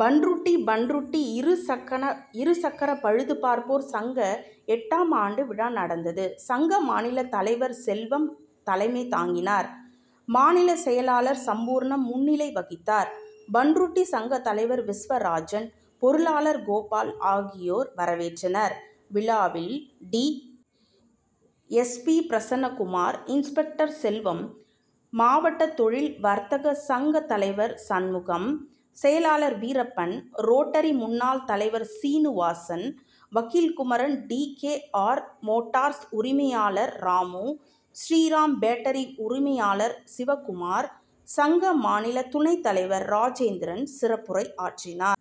பண்ருட்டி பண்ருட்டி இருசக்கர இருசக்கர பழுது பார்ப்போர் சங்க எட்டாம் ஆண்டு விழா நடந்தது. சங்க மாநிலத் தலைவர் செல்வம் தலைமை தாங்கினார். மாநில செயலாளர் சம்பூர்ணம் முன்னிலை வகித்தார். பண் ருட்டி சங்கத் தலைவர் விஸ்வராஜன், பொருளாளர் கோபால் ஆகியோர் வரவேற்றனர். விழாவில் T. S. P., Prasannakumar, inspector Selvam, மாவட்ட தொழில் வர்த்தக சங்கத் தலைவர் சண் முகம், செயலாளர் வீரப் பன், ரோட்டரி முன் னாள் தலைவர் சீனுவாசன், வக்கீல் Kumaran, T. K. R., motors உரிமையாளர் ராமு, ஸ்ரீராம் பேட்டரி உரிமையாளர் சிவக்குமார், சங்க மாநில துணைத் தலைவர் ராஜேந்திரன் சிறப்புரையாற்றினர்.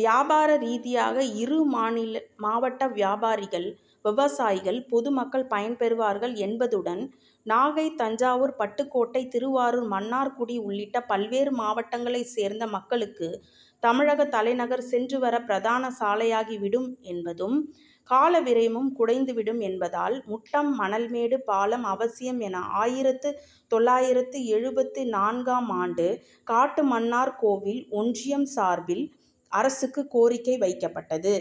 வியாபார ரீதியாக இரு மாநில மாவட்ட வியாபாரிகள், விவசாயிகள், பொதுமக் கள் பயன்பெறுவார்கள் என்பதுடன் நாகை, தஞ்சாவூர், பட்டுக்கோட்டை, திருவாரூர், மன்னார்குடி உள்ளிட்ட பல்வேறு மாவட்டங்களைச் சேர்ந்த மக்களுக்கு தமிழகத் தலை நகர் சென்றுவர பிரதான சாலையாகி விடும் என்பதும், காலவிரயமும் குறைந்துவிடும் என்பதால் முட்டம் மணல்மேடு பாலம் அவசியம் என ஆயிரத்து தொள்ளாயிரத்து எழுபத்து நான்காம் ஆண்டு காட்டுமன்னார்கோவில் ஒன்றியம் சார்பில் அரசுக்கு கோரிக்கை வைக்கப்பட்டது.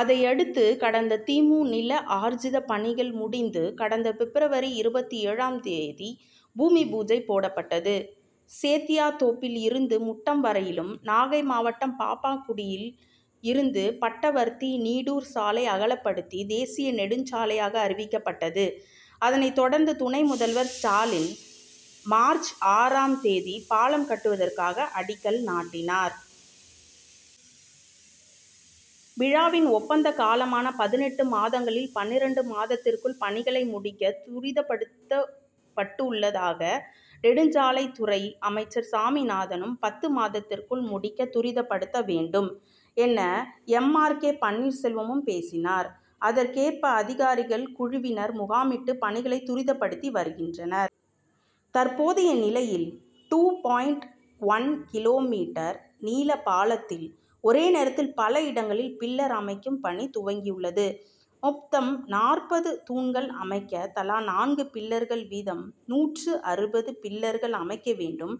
அதையடுத்து கடந்த தி. மு. நில ஆர்ஜித பணிகள் முடிந்து கடந்த பிப்ரவரி இருபத்தேழாம் தேதி பூமி பூஜை போடப்பட்டது. சேத்தியாத்தோப்பில் இருந்து முட்டம் வரையிலும், நாகை மாவட்டம் பாப்பாக்குடியில் இருந்து பட்டவர்த்தி, நீடூர் சாலை அகலப்படுத்தி தேசிய நெடுஞ்சாலையாக அறிவிக்கப்பட்டது. அதனைத் தொடர்ந்து துணை முதல்வர் ஸ்டாலின் மார்ச் ஆறாம் தேதி பாலம் கட்டுவதற்கான அடிக்கல் நாட்டினார். விழாவில் ஒப்பந்த காலமான பதினெட்டு மாதங்களில் பன்னிரண்டு மாதத்திற்குள் பணிகளை முடிக்க துரிதப்படுத்தப் பட்டுள்ளதாக நெடுஞ்சாலைத்துறை அமைச்சர் சாமிநாதனும், பத்து மாதத்திற்குள் முடிக்க துரிதப்படுத்த வேண்டும் என எம். ஆர். கே. பன்னீர்செல்வமும் பேசினர். அதற் கேற்ப அதிகாரிகள் குழுவினர் முகாமிட்டு பணிகளை துரிதப்படுத்தி வருகின்றனர். தற்போதைய நிலையில் two point one kilometre நீள பாலத்தில் ஒரே நேரத்தில் பல இடங் களில் பில்லர் அமைக்கும் பணி துவங்கியுள்ளது. மொத்தம் நாற்பது தூண்கள் அமைக்க தலா நான்கு பில்லர்கள் வீதம் நூற்று அறுபது பில்லர்கள் அமைக்க வேண்டும்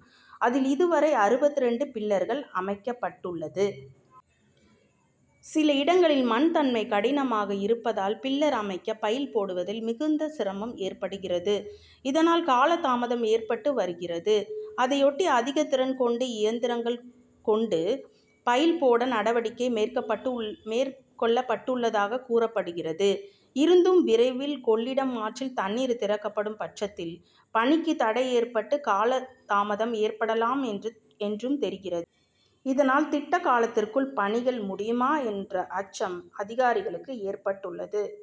அதில் இதுவரை அறுபத்திரண்டு பில்லர்கள் அமைக்கப்பட் டுள்ளது. சில இடங்களில் மண் தன்மை கடினமாக இருப்பதால் பில்லர் அமைக்க பைல் போடுவதில் மிகுந்த சிரமம் ஏற்படுகிறது. இதனால் காலதாமம் ஏற்பட்டு வருகிறது. அதையொட்டி அதிகத் திறன் கொண்டு இயந்திரங்கள் கொண்டு பைல் போட நடவடிக்கை மேற் கொள்ளப்பட்டுள்ளதாக கூறப்படுகிறது. இருந்தும் விரைவில் கொள்ளிடம் ஆற்றில் தண் ணீர் திறக்கப்படும் பட்சத் தில் பணிக்கு தடை ஏற் பட்டு காலதாமதம் ஏற்படலாம் என்றும் தெரிகிறது. இதனால் திட்ட காலத்திற் குள் பணிகள் முடியுமா என்ற அச்சம் அதிகாரிகளுக்கு ஏற்பட்டுள்ளது.